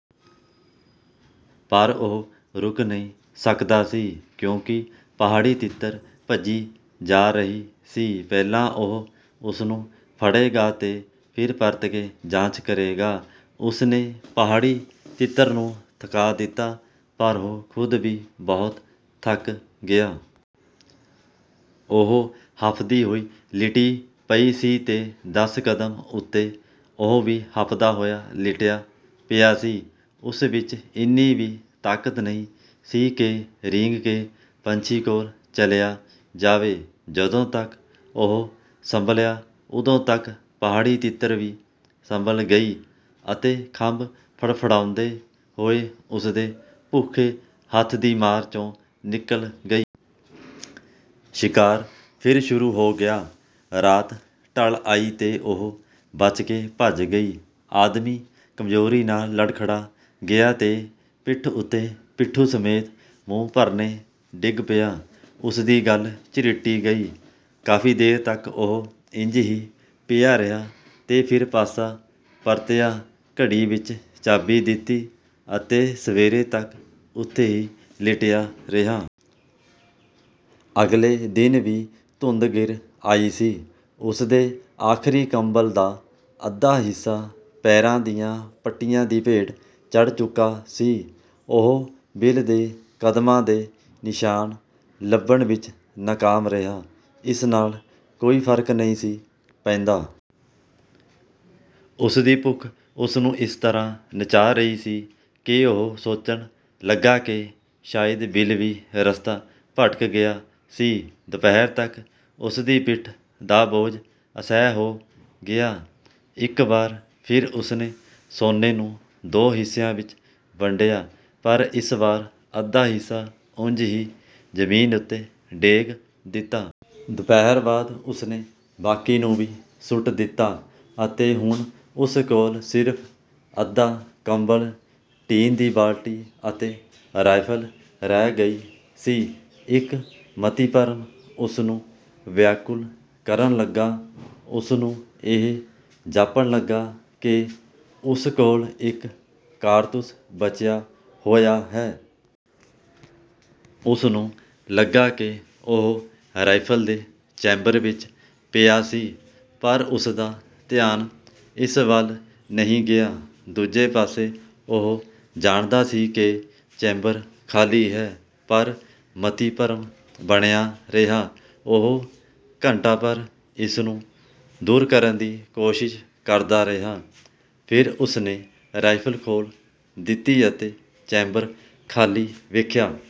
ਪਰ ਉਹ ਰੁਕ ਨਹੀਂ ਸਕਦਾ ਸੀ, ਕਿਉਂਕਿ ਪਹਾੜੀ ਤਿੱਤਰ ਭੱਜੀ ਜਾ ਰਹੀ ਸੀ। ਪਹਿਲਾਂ ਉਹ ਉਸਨੂੰ ਫੜੇਗਾ ਤੇ ਫਿਰ ਪਰਤ ਕੇ ਜਾਂਚ ਕਰੇਗਾ। ਉਸਨੇ ਪਹਾੜੀ ਤਿੱਤਰ ਨੂੰ ਥਕਾ ਦਿੱਤਾ, ਪਰ ਉਹ ਖੁਦ ਵੀ ਬਹੁਤ ਥੱਕ ਗਿਆ। ਉਹ ਹਫਦੀ ਹੋਈ ਲਿਟੀ ਪਈ ਸੀ ਤੇ ਦਸ ਕਦਮ ਉੱਤੇ ਉਹ ਵੀ ਹਫਦਾ ਹੋਇਆ ਲਿਟਿਆ ਪਿਆ ਸੀ। ਉਸ ਵਿੱਚ ਇੰਨੀ ਵੀ ਤਾਕਤ ਨਹੀਂ ਸੀ ਕਿ ਰੀਂਗ ਕੇ ਪੰਛੀ ਕੋਲ ਚਲਿਆ ਜਾਵੇ। ਜਦੋਂ ਤੱਕ ਉਹ ਸੰਭਲ਼ਿਆ, ਉਦੋਂ ਤੱਕ ਪਹਾੜੀ ਤਿੱਤਰ ਵੀ ਸੰਭਲ਼ ਗਈ ਅਤੇ ਖੰਭ ਫੜਫੜਾਉਂਦੇ ਹੋਏ ਉਸਦੇ ਭੁੱਖੇ ਹੱਥ ਦੀ ਮਾਰ 'ਚੋਂ ਨਿੱਕਲ਼ ਗਈ। ਸ਼ਿਕਾਰ ਫਿਰ ਸ਼ੁਰੂ ਹੋ ਗਿਆ। ਰਾਤ ਢਲ਼ ਆਈ ਤੇ ਉਹ ਬਚਕੇ ਭੱਜ ਗਈ। ਆਦਮੀ ਕਮਜ਼ੋਰੀ ਨਾਲ਼ ਲੜਖੜਾ ਗਿਆ ਤੇ ਪਿੱਠ ਉੱਤੇ ਪਿੱਠੂ ਸਮੇਤ ਮੂੰਹ ਪਰਨੇ ਡਿੱਗ ਪਿਆ। ਉਸਦੀ ਗੱਲ੍ਹ ਝਰੀਟੀ ਗਈ। ਕਾਫ਼ੀ ਦੇਰ ਤੱਕ ਉਹ ਇੰਝ ਹੀ ਪਿਆ ਰਿਹਾ ਤੇ ਫਿਰ ਪਾਸਾ ਪਰਤਿਆ, ਘੜੀ ਵਿੱਚ ਚਾਬੀ ਦਿੱਤੀ ਅਤੇ ਸਵੇਰੇ ਤੱਕ ਉਥੇ ਹੀ ਲਿਟਿਆ ਰਿਹਾ। ਅਗਲੇ ਦਿਨ ਵੀ ਧੁੰਦ ਘਿਰ ਆਈ ਸੀ। ਉਸਦੇ ਆਖਰੀ ਕੰਬਲ ਦਾ ਅੱਧਾ ਹਿੱਸਾ ਪੈਰਾਂ ਦੀਆਂ ਪੱਟੀਆਂ ਦੀ ਭੇਂਟ ਚੜ੍ਹ ਚੁੱਕਾ ਸੀ। ਉਹ ਬਿਲ ਦੇ ਕਦਮਾਂ ਦੇ ਨਿਸ਼ਾਨ ਲੱਭਣ ਵਿੱਚ ਨਾਕਾਮ ਰਿਹਾ। ਇਸ ਨਾਲ਼ ਕੋਈ ਫਰਕ ਨਹੀਂ ਸੀ ਪੈਂਦਾ। ਉਸਦੀ ਭੁੱਖ ਉਸਨੂੰ ਇਸ ਤਰ੍ਹਾਂ ਨਚਾ ਰਹੀ ਸੀ ਕਿ ਉਹ ਸੋਚਣ ਲੱਗਾ ਕਿ ਸ਼ਾਇਦ ਬਿਲ ਵੀ ਰਸਤਾ ਭਟਕ ਗਿਆ ਸੀ। ਦੁਪਹਿਰ ਤੱਕ ਉਸਦੀ ਪਿੱਠ ਦਾ ਬੋਝ ਅਸਹਿ ਹੋ ਗਿਆ। ਇੱਕ ਵਾਰ ਫਿਰ ਉਸਨੇ ਸੋਨੇ ਨੂੰ ਦੋ ਹਿੱਸਿਆਂ ਵਿੱਚ ਵੰਡਿਆ, ਪਰ ਇਸ ਵਾਰ ਅੱਧਾ ਹਿੱਸਾ ਉਂਝ ਹੀ ਜ਼ਮੀਨ ਉੱਤੇ ਡੇਗ ਦਿੱਤਾ। ਦੁਪਹਿਰ ਬਾਅਦ ਉਸਨੇ ਬਾਕੀ ਨੂੰ ਵੀ ਸੁੱਟ ਦਿੱਤਾ ਅਤੇ ਹੁਣ ਉਸ ਕੋਲ਼ ਸਿਰਫ ਅੱਧਾ ਕੰਬਲ, ਟੀਨ ਦੀ ਬਾਲਟੀ ਅਤੇ ਰਾਇਫਲ ਰਹਿ ਗਈ ਸੀ। ਇੱਕ ਮਤੀਭਰਮ ਉਸਨੂੰ ਵਿਆਕੁਲ ਕਰਨ ਲੱਗਾ। ਉਸਨੂੰ ਇਹ ਜਾਪਣ ਲੱਗਾ ਕਿ ਉਸ ਕੋਲ਼ ਇੱਕ ਕਾਰਤੂਸ ਬਚਿਆ ਹੋਇਆ ਹੈ। ਉਸਨੂੰ ਲੱਗਾ ਕਿ ਉਹ ਰਾਇਫਲ ਦੇ ਚੈਂਬਰ ਵਿੱਚ ਪਿਆ ਸੀ ਪਰ ਉਸਦਾ ਧਿਆਨ ਇਸ ਵੱਲ ਨਹੀਂ ਗਿਆ। ਦੂਜੇ ਪਾਸੇ, ਉਹ ਜਾਣਦਾ ਸੀ ਕਿ ਚੈਂਬਰ ਖਾਲੀ ਹੈ। ਪਰ ਮਤੀਭਰਮ ਬਣਿਆ ਰਿਹਾ। ਉਹ ਘੰਟਾ ਭਰ ਇਸਨੂੰ ਦੂਰ ਕਰਨ ਦੀ ਕੋਸ਼ਿਸ਼ ਕਰਦਾ ਰਿਹਾ, ਫਿਰ ਉਸਨੇ ਰਾਇਫਲ ਖੋਲ੍ਹ ਦਿੱਤੀ ਅਤੇ ਚੈਂਬਰ ਖਾਲੀ ਵੇਖਿਆ।